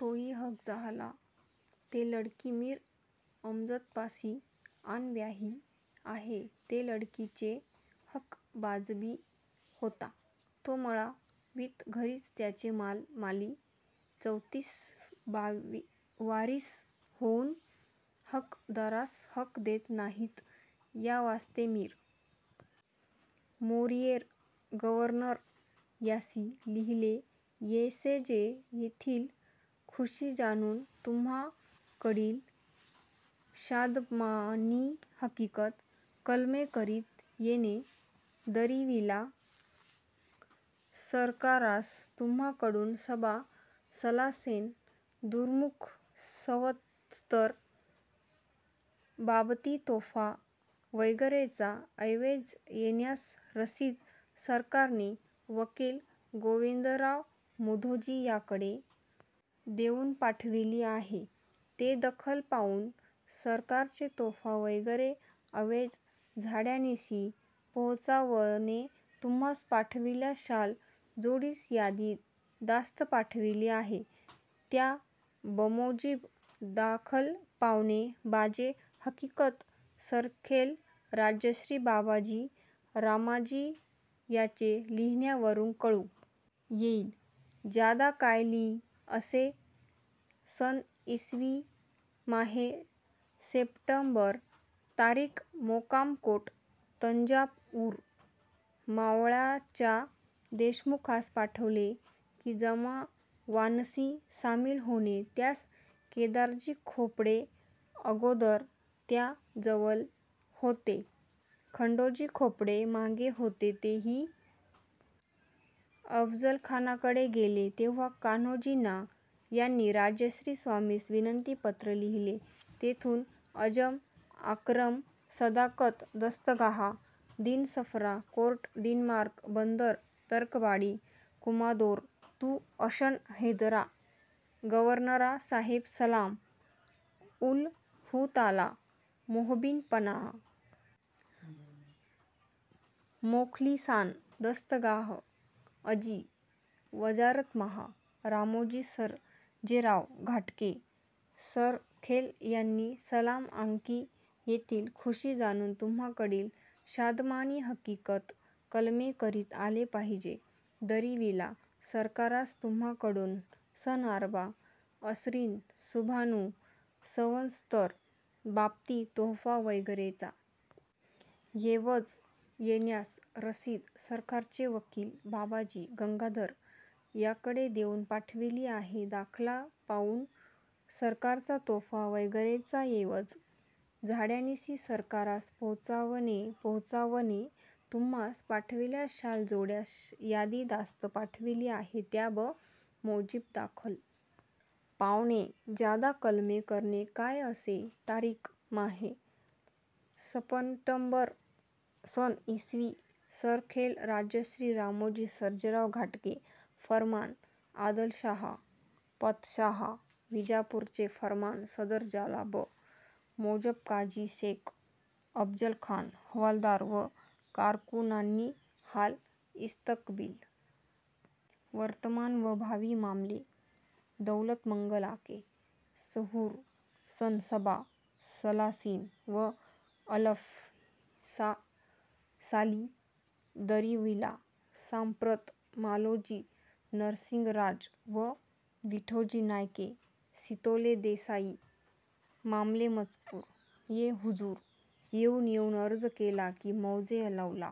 तोही हक जाहला ते लडकी मीर अमजद पासी आन व्याही आहे ते लडकीचे हक वाजबी होता तो मळा वीत घरीच त्याचे माल माली चौतीस वारीस होऊन हक दारास हक देत नाहीत यावास्ते मीर मोरीयेर गववरनर यांसी लिहीले यैसेजे येथील खुषी जानुन तुम्हाकडील षादमानी हकिकत कलमे करीत येणे दरीवीला सरकारास तुम्हाकडुन सबा सलासैन दुर्मुख संवत्सर बाबती तोफा वगैरेचा अैवज येण्यास रसीद सरकार नि वकील गोविंदराव मुधोजी यांकडे देऊन पाठवीली आहे ते दखल पाऊन सरकारचे तोफा वगैरे अैवज झाड्यानीसी पोहचावणे तुम्हास पाठविल्या शाल जोडीस यादी दास्त पाठवीली आहे त्या बमोजिब दाखल पावणे बाजे हकिकत सरखेल राजश्री बाबाजी रामाजी याचे लिहीण्यावरून कळू येईल ज्यादा काय ली असे सन ईसवी माहे सेपटबर तारिख मोकाम कोट तंजावूर मावळच्या देशमुखांस पाठविले की जमावानसी सामील होणे त्यास केदारजी खोपडे अगोधर त्या जवल होते खंडोजी खोपडे मागे होते ते ही अफजलखानाकडे गेले तेव्हा कान्होजी नाा याणी राजश्री स्वामीस विनती पत्र लिहिले तेथुन अजम आकरम सदाकत दस्तगाहा दीनसफरा कोर्ट दिनमार्क बंदर तर्कबाडी कुमादोर तु अशन हैदरा गवरनरा साहेब सलाम उल हू ताला मोहबीन पनाहा मोखलीसान दस्तगाह अजी वजारत माहा रामोजी सरजेराव घाटके सरखेल यांनी सलाम आंकी येथील खुषी जाणुन तुम्हाकडील षादमानी हकिकत कलमे करीत आले पाहिजे दरीवीला सरकारास तुम्हाकडून सन आर्बा असरीन सुभानू संवत्सर बाबती तोफा वगैरेचा यैवज येण्यास रसिद सरकारचे वकील बाबाजी गंगाधर याकडे देऊन पाठविली आहे दाखला पाऊन सरकारचा तोफा वगैरेचा यैवज झाड्यानीसी सरकारास पोहचावणे पोहचावणे तुम्हास पाठविल्या शाल जोड्यास यादी दास्त पाठविली आहे त्या ब मोजिब दाखल पावणे ज्यादा कलमे करने काय असे तारिख माहे शपटंबर सन ईसवी सरखेल राजश्री रामोजी सर्जेराव घाटके फर्मान आदलशाहा पातशाहा विजापूरचे फर्मान सादर जाला ब मोजब काजी सेख अबजलखान हवालदार व कारकुनानी हाल इस्तकबील वर्तमान व भावी मामले दौलत मंगल आके सुहूर सन सबा सलासीन व अलफ या साली दरिवीला सांप्रत मालोजी नरसिंगराज व विठोजी नायेक सितोले देसाई मामले मजकूर हे हुजूर येऊन येऊन अर्ज केला की मौजे लवला